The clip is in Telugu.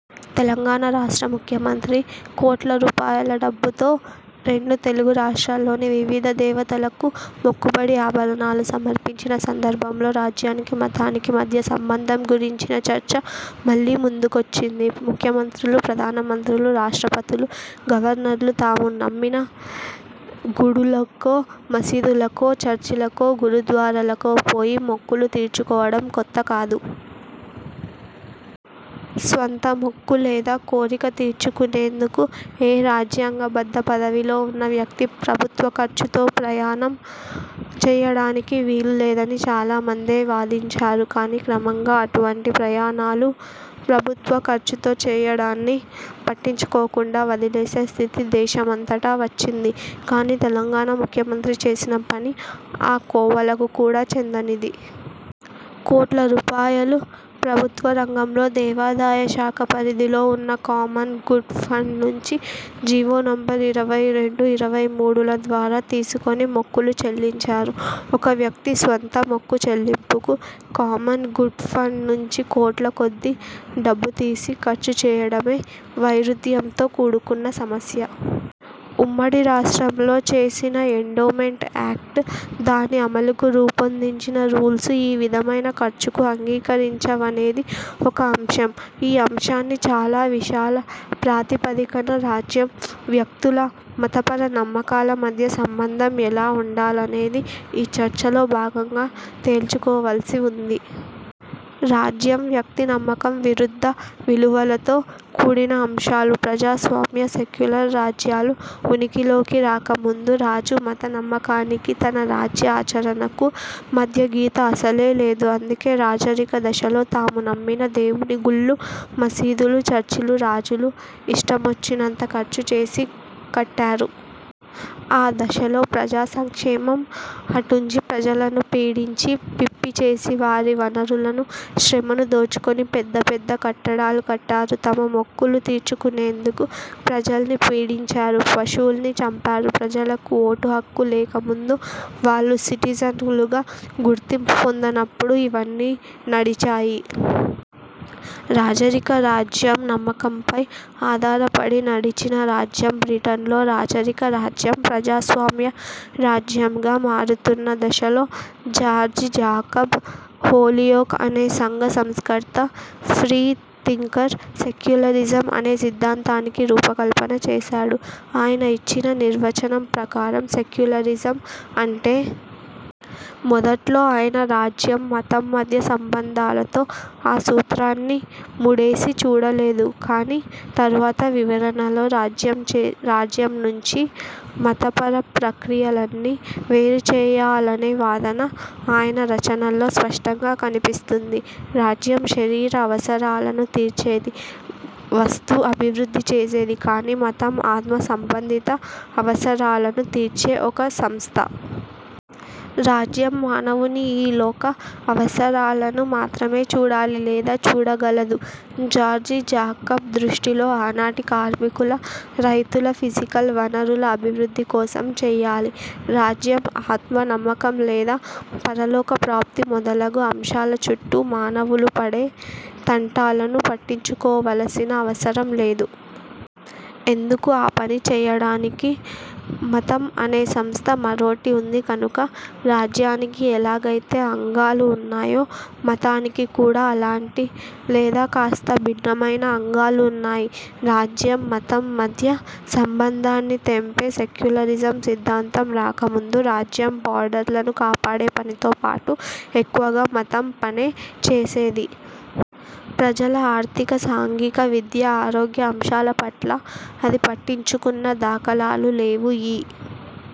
తెలంగాణ రాష్ట్ర ముఖ్యమంత్రి కోట్ల రూపాయల డబ్బుతో రెండు తెలుగు రాష్ర్టాల్లోని వివిధ దేవతలకు మొక్కుబడి ఆభరణాలు సమర్పించిన సందర్భంలో రాజ్యానికీ, మతానికీ మధ్య సంబంధం గురించిన చర్చ మళ్ళీ ముందుకొచ్చింది. ముఖ్యమంత్రులు, ప్రధానమంత్రులు, రాష్ట్రపతులు, గవర్నర్లు తాము నమ్మిన గుడులకో, మసీదులకో, చర్చిలకో, గురుద్వారలకో పోయి మొక్కులు తీర్చుకోవడం కొత్త కాదు. స్వంత మొక్కు లేదా కోరిక తీర్చుకునేందుకు ఏ రాజ్యాంగబద్ధ పదవిలో ఉన్న వ్యక్తీ ప్రభుత్వ ఖర్చుతో ప్రయాణం చెయ్యడానికి వీలు లేదని చాలా మందే వాదించారు. కానీ క్రమంగా అటువంటి ప్రయాణాలు ప్రభుత్వ ఖర్చుతో చెయ్యడాన్ని పట్టించుకోకుండా వదిలేసే స్థితి దేశమంతటా వచ్చింది. కానీ తెలంగాణ ముఖ్యమంత్రి చేసిన పని ఆ కోవలకు కూడా చెందనిది. కోట్ల రూపాయలు ప్రభుత్వ రంగంలో దేవాదాయ శాఖ పరిధిలో ఉన్న 'కామన్ గుడ్ ఫండ్' నుంచి జీవో నంబర్ ఇరవై రెండు, ఇరవై మూడుల ద్వారా తీసుకొని మొక్కులు చెల్లించారు. ఒక వ్యక్తి స్వంత మొక్కు చెల్లింపుకు 'కామన్ గుడ్ ఫండ్' నుంచి కోట్లకొద్దీ డబ్బు తీసి ఖర్చు చేయడమే వైరుధ్యంతో కూడుకున్న సమస్య. ఉమ్మడి రాష్ట్రంలో చేసిన ఎండోమెంట్ యాక్ట్, దాని అమలుకు రూపొందించిన రూల్స్ ఈ విధమైన ఖర్చుకు అంగీకరించవనేది ఒక అంశం. ఈ అంశాన్ని చాలా విశాల ప్రాతిపదికన రాజ్యం, వ్యక్తుల మతపర నమ్మకాల మధ్య సంబంధం ఎలా ఉండాలనేది ఈ చర్చలో భాగంగా తేల్చుకోవలసి ఉంది. రాజ్యం, వ్యక్తి నమ్మకం విరుద్ధ విలువలతో కూడిన అంశాలు. ప్రజాస్వామ్య, సెక్యులర్ రాజ్యాలు ఉనికిలోకి రాక ముందు రాజు మత నమ్మకానికీ, తన రాజ్య ఆచరణకూ మధ్య గీత అసలే లేదు. అందుకే రాజరిక దశలో తాము నమ్మిన దేవుని గుళ్ళు, మసీదులు, చర్చిలు రాజులు ఇష్టమొచ్చినంత ఖర్చుచేసి కట్టారు. ఆ దశలో ప్రజా సంక్షేమం అటుంచి ప్రజలను పీడించి, పిప్పి చేసి వారి వనరులను, శ్రమను దోచుకొని పెద్ద, పెద్ద కట్టడాలు కట్టారు. తమ మొక్కులు తీర్చుకునేందుకు ప్రజల్ని పీడించారు, పశువుల్ని చంపారు. ప్రజలకు ఓటు హక్కు లేక ముందు, వాళ్ళు సిటిజనులుగా గుర్తింపు పొందనప్పుడు ఇవన్నీ నడిచాయి. రాజరిక రాజ్యం నమ్మకంపై ఆధారపడి నడిచిన రాజ్యం. బ్రిటన్లో రాజరిక రాజ్యం ప్రజాస్వామ్య రాజ్యంగా మారుతున్న దశలో జార్జి జాకబ్ హోలియోక్ అనే సంఘ సంస్కర్త – ఫ్రీ థింకర్ సెక్యులరిజం అనే సిద్ధాంతానికి రూపకల్పన చేశాడు. ఆయన ఇచ్చిన నిర్వచనం ప్రకారం సెక్యులరిజం అంటే ','. మొదట్లో ఆయన రాజ్యం, మతం మధ్య సంబంధాలతో ఆ సూత్రాన్ని ముడేసి చూడలేదు. కానీ తరువాత వివరణలో రాజ్యం నుంచి, మతపర ప్రక్రియలన్నీ వేరుచెయ్యాలనే వాదన ఆయన రచనల్లో స్పష్టంగా కనిపిస్తుంది. రాజ్యం శరీర అవసరాలను తీర్చేది, వస్తు అభివృద్ధి చేసేది. కానీ మతం ఆత్మ సంబంధిత అవసరాలను తీర్చే ఒక సంస్థ. రాజ్యం మానవుని ఈ లోక అవసరాలను మాత్రమే చూడాలి లేదా చూడగలదు. జార్జి జాకబ్ దృష్టిలో ఆనాటి కార్మికుల, రైతుల ఫిజికల్ వనరుల అభివృద్ధి కోసం చెయ్యాలి. రాజ్యం ఆత్మ, నమ్మకం లేదా పరలోక ప్రాప్తి మొదలగు అంశాల చుట్టూ మానవులు పడే తంటాలను పట్టించుకోవలసిన అవసరం లేదు. ఎందుకు? ఆ పని చెయ్యడానికి మతం అనే సంస్థ మరోటి ఉంది కనుక. రాజ్యానికి ఎలాగైతే అంగాలు ఉన్నాయో మతానికి కూడా అలాంటి లేదా కాస్త భిన్నమైన అంగాలు ఉన్నాయి. రాజ్యం, మతం మధ్య సంబంధాన్ని తెంపే సెక్యులరిజం సిద్ధాంతం రాకముందు రాజ్యం బార్డర్లను కాపాడే పనితో పాటు ఎక్కువగా మతం పనే చేసేది. ప్రజల ఆర్థిక, సాంఘిక, విద్య, ఆరోగ్య అంశాల పట్ల అది పట్టించుకున్న దాఖలాలు లేవు. ఈ